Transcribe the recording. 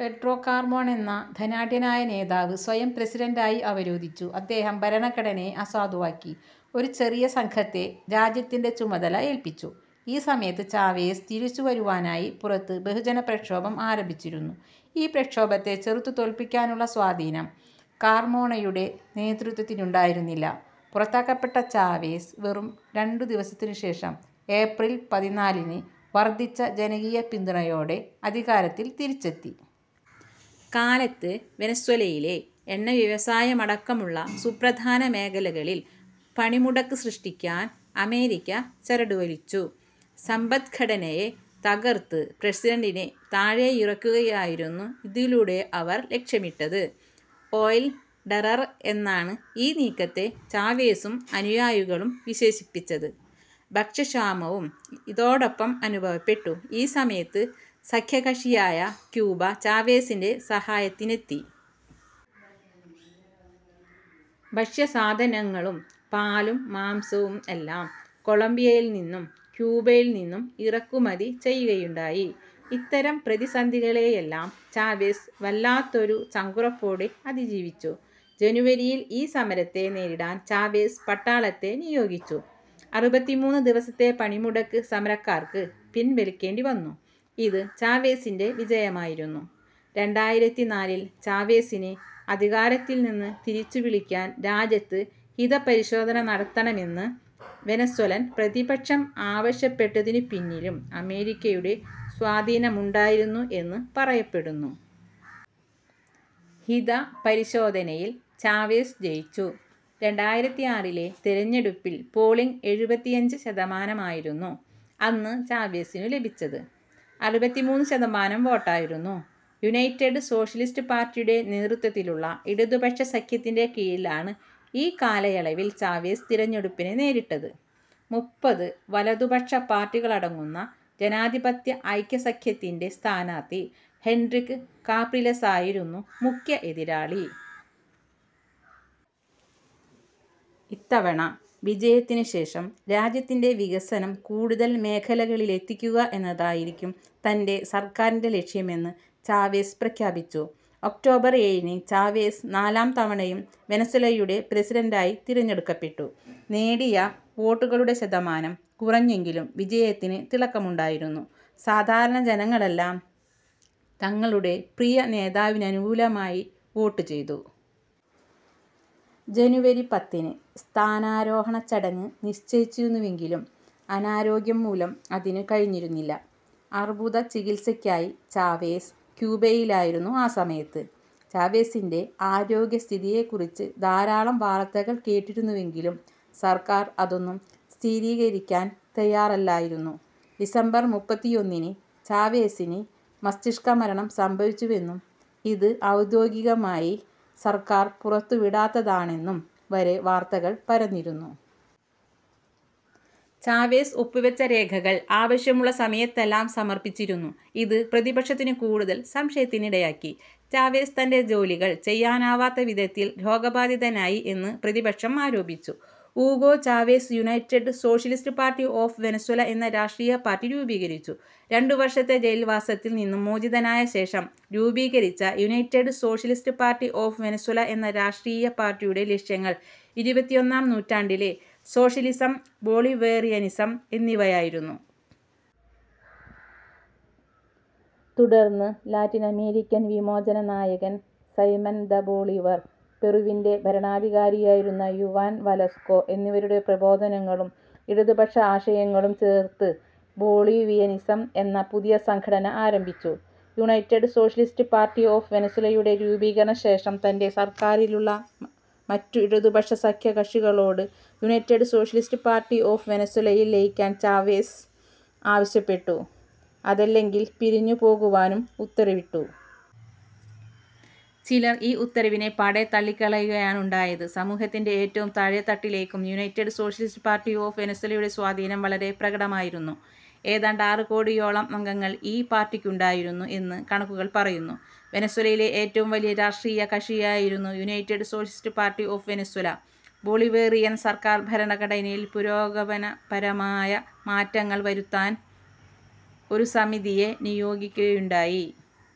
Pedro Carmona എന്ന ധനാഢ്യനായ നേതാവ് സ്വയം പ്രസിഡന്റായി അവരോധിച്ചു. അദ്ദേഹം ഭരണഘടനയെ അസാധുവാക്കി. ഒരു ചെറിയ സംഘത്തെ രാജ്യത്തിൻ്റെ ചുമതല ഏൽപ്പിച്ചു. ഈ സമയത്ത് ചാവേസ് തിരിച്ചു വരുവാനായി പുറത്ത് ബഹുജന പ്രക്ഷോഭം ആരംഭിച്ചിരുന്നു. ഈ പ്രക്ഷോഭത്തെ ചെറുത്തുതോൽപ്പിക്കാനുള്ള സ്വാധീനം കാർമോണയുടെ നേതൃത്വത്തിനുണ്ടായിരുന്നില്ല. പുറത്താക്കപ്പെട്ട ചാവെസ് വെറും രണ്ടു ദിവസത്തിനുശേഷം, ഏപ്രിൽ പതിനാലിന് വർദ്ധിച്ച ജനകീയപിന്തുണയോടെ അധികാരത്തിൽ തിരിച്ചെത്തി. കാലത്ത് വെനസ്വേലയിലെ എണ്ണവ്യവസായമടക്കമുള്ള സുപ്രധാന മേഖലകളിൽ പണിമുടക്ക് സൃഷ്ടിക്കാൻ അമേരിക്ക ചരടുവലിച്ചു. സമ്പദ്ഘടനയെ തകർത്ത് പ്രസിഡന്റിനെ താഴെയിറക്കുകയായിരുന്നു ഇതിലൂടെ അവർ ലക്ഷ്യമിട്ടത്. ഓയിൽ ടെറർ എന്നാണ് ഈ നീക്കത്തെ ചാവേസും അനുയായികളും വിശേഷിപ്പിച്ചത്. ഭക്ഷ്യക്ഷാമവും ഇതോടൊപ്പം അനുഭവപ്പെട്ടു. ഈ സമയത്ത് സഖ്യകകഷിയായ ക്യൂബ ചാവേസിന്റെ സഹായത്തിനെത്തി. ഭക്ഷ്യസാധനങ്ങളും, പാലും മാംസവും എല്ലാം കൊളംബിയയിൽ നിന്നും ക്യൂബയിൽ നിന്നും ഇറക്കുമതി ചെയ്യുകയുണ്ടായി. ഇത്തരം പ്രതിസന്ധികളെയെല്ലാം ചാവേസ് വല്ലാത്തൊരു ചങ്കുറപ്പോടെ അതിജീവിച്ചു. ജനുവരിയിൽ ഈ സമരത്തെ നേരിടാൻ ചാവേസ് പട്ടാളത്തെ നിയോഗിച്ചു. അറുപത്തിമൂന്ന് ദിവസത്തെ പണിമുടക്ക് സമരക്കാർക്ക് പിൻവലിക്കേണ്ടിവന്നു. ഇത് ചാവേസിന്റെ വിജയമായിരുന്നു. രണ്ടായിരത്തി നാലിൽ ചാവേസിനെ അധികാരത്തിൽനിന്ന് തിരിച്ചുവിളിക്കാൻ രാജ്യത്ത് ഹിതപരിശോധന നടത്തണമെന്ന് വെനസ്വേലൻ പ്രതിപക്ഷം ആവശ്യപ്പെട്ടതിനുപിന്നിലും അമേരിക്കയുടെ സ്വാധീനമുണ്ടായിരുന്നു എന്നും പറയപ്പെടുന്നു. ഹിതപരിശോധനയിൽ ചാവെസ് ജയിച്ചു. രണ്ടായിരത്തി ആറിലെ തെരഞ്ഞെടുപ്പിൽ പോളിങ്ങ് എഴുപത്തിയഞ്ച് ശതമാനമായിരുന്നു. അന്ന് ചാവെസിനു ലഭിച്ചത് അറുപത്തിമൂന്ന് ശതമാനം വോട്ടായിരുന്നു. യുനൈറ്റഡ് സോഷ്യലിസ്റ്റ് പാർട്ടിയുടെ നേതൃത്വത്തിലുള്ള ഇടതുപക്ഷ സഖ്യത്തിന്റെ കീഴിലാണ് ഈ കാലയളവിൽ ചാവേസ് തിരഞ്ഞെടുപ്പിനെ നേരിട്ടത്. മുപ്പത് വലതുപക്ഷ പാർട്ടികളടങ്ങുന്ന ജനാധിപത്യ ഐക്യസഖ്യത്തിന്റെ സ്ഥാനാർത്ഥി ഹെൻറിക് കാപ്രിലെസായിരുന്നു മുഖ്യ എതിരാളി. ഇത്തവണത്തെ വിജയത്തിനുശേഷം, രാജ്യത്തിന്റെ വികസനം കൂടുതൽ മേഖലകളിലേക്കെത്തിക്കുക എന്നതായിരിക്കും തന്റെ സർക്കാരിന്റെ ലക്ഷ്യമെന്ന് ചാവേസ് പ്രഖ്യാപിച്ചു. ഒക്ടോബർ ഏഴിന് ചാവേസ് നാലാം തവണയും വെനസ്വേലയുടെ പ്രസിഡന്റായി തിരഞ്ഞെടുക്കപ്പെട്ടു. നേടിയ വോട്ടുകളുടെ ശതമാനം കുറഞ്ഞെങ്കിലും വിജയത്തിന് തിളക്കമുണ്ടായിരുന്നു. സാധാരണ ജനങ്ങളെല്ലാം തങ്ങളുടെ പ്രിയ നേതാവിനനുകൂലമായി വോട്ട് ചെയ്തു. ജനുവരി പത്തിന് സ്ഥാനാരോഹണ ചടങ്ങ് നിശ്ചയിച്ചിരുന്നുവെങ്കിലും അനാരോഗ്യം മൂലം അതിനു കഴിഞ്ഞിരുന്നില്ല. അർബുദചികിത്സക്കായി ചാവേസ് ക്യൂബയിലായിരുന്നു ആ സമയത്ത്. ചാവേസിന്റെ ആരോഗ്യസ്ഥിതിയെക്കുറിച്ച് ധാരാളം വാർത്തകൾ കേട്ടിരുന്നുവെങ്കിലും സർക്കാർ അതൊന്നും സ്ഥിരീകരിക്കാൻ തയ്യാറല്ലായിരുന്നു. ഡിസംബർ മുപ്പത്തിയൊന്നിന് ചാവേസിന് മസ്തിഷ്കമരണം സംഭവിച്ചുവെന്നും, ഇത് ഔദ്യോഗികമായി സർക്കാർ പുറത്തുവിടാത്തതാണെന്നും വരെ വാർത്തകൾ പരന്നിരുന്നു. ചാവേസ് ഒപ്പുവെച്ച രേഖകൾ ആവശ്യമുള്ള സമയത്തെല്ലാം സമർപ്പിച്ചിരുന്നു. ഇത് പ്രതിപക്ഷത്തിനു കൂടുതൽ സംശയത്തിനിടയാക്കി. ചാവേസ് തന്റെ ജോലികൾ ചെയ്യാനാവാത്ത വിധത്തിൽ രോഗബാധിതനായി എന്ന് പ്രതിപക്ഷം ആരോപിച്ചു. Hugo Chavez United Socialist Party of Venezuela എന്ന രാഷ്ട്രീയ പാർട്ടി രൂപീകരിച്ചു. രണ്ടു വർഷത്തെ ജയിൽ വാസത്തിൽ നിന്നും മോചിതനായ ശേഷം രൂപീകരിച്ച United Socialist Party of Venezuela എന്ന രാഷ്ട്രീയ പാർട്ടിയുടെ ലക്ഷ്യങ്ങൾ ഇരുപത്തിയൊന്നാം നൂറ്റാണ്ടിലെ സോഷ്യലിസം, ബൊളിവേറിയനിസം എന്നിവയായിരുന്നു. തുടർന്ന് ലാറ്റിനമേരിക്കൻ വിമോചന നായകൻ സൈമൻ ദ ബൊളീവർ, പെറുവിന്റെ ഭരണാധികാരിയായിരുന്ന യുവാൻ വലസ്കോ എന്നിവരുടെ പ്രബോധനങ്ങളും ഇടതുപക്ഷ ആശയങ്ങളും ചേർത്ത് ബൊളീവിയനിസം എന്ന പുതിയ സംഘടന ആരംഭിച്ചു. യുണൈറ്റഡ് സോഷ്യലിസ്റ്റ് പാർട്ടി ഓഫ് വെനസ്വേലയുടെ രൂപീകരണശേഷം തന്റെ സർക്കാരിലുള്ള മറ്റു ഇടതുപക്ഷ സഖ്യകകഷികളോട് യുണൈറ്റഡ് സോഷ്യലിസ്റ്റ് പാർട്ടി ഓഫ് വെനസ്വേലയിൽ ലയിക്കാൻ ചാവേസ് ആവശ്യപ്പെട്ടു അതല്ലെങ്കിൽ പിരിഞ്ഞുപോകുവാനും ഉത്തരവിട്ടു. ചിലർ ഈ ഉത്തരവിനെ പാടേ തള്ളിക്കളയുകയാണുണ്ടായത്. സമൂഹത്തിന്റെ ഏറ്റവും താഴേതട്ടിലേക്കും യുണൈറ്റഡ് സോഷ്യലിസ്റ്റ് പാർട്ടി ഓഫ് വെനസ്വേലയുടെ സ്വാധീനം വളരെ പ്രകടമായിരുന്നു. ഏതാണ്ട് ആറ് കോടിയോളം അംഗങ്ങൾ ഈ പാർട്ടിക്കുണ്ടായിരുന്നു എന്ന് കണക്കുകൾ പറയുന്നു. വെനസ്വേലയിലെ ഏറ്റവും വലിയ രാഷ്ട്രീയ കക്ഷിയായിരുന്നു United Socialist Party of Venezuela. Bolivarian സർക്കാർ ഭരണഘടനയിൽ പുരോഗമനപരമായ മാറ്റങ്ങൾ വരുത്താൻ ഒരു സമിതിയെ നിയോഗിക്കുകയുണ്ടായി.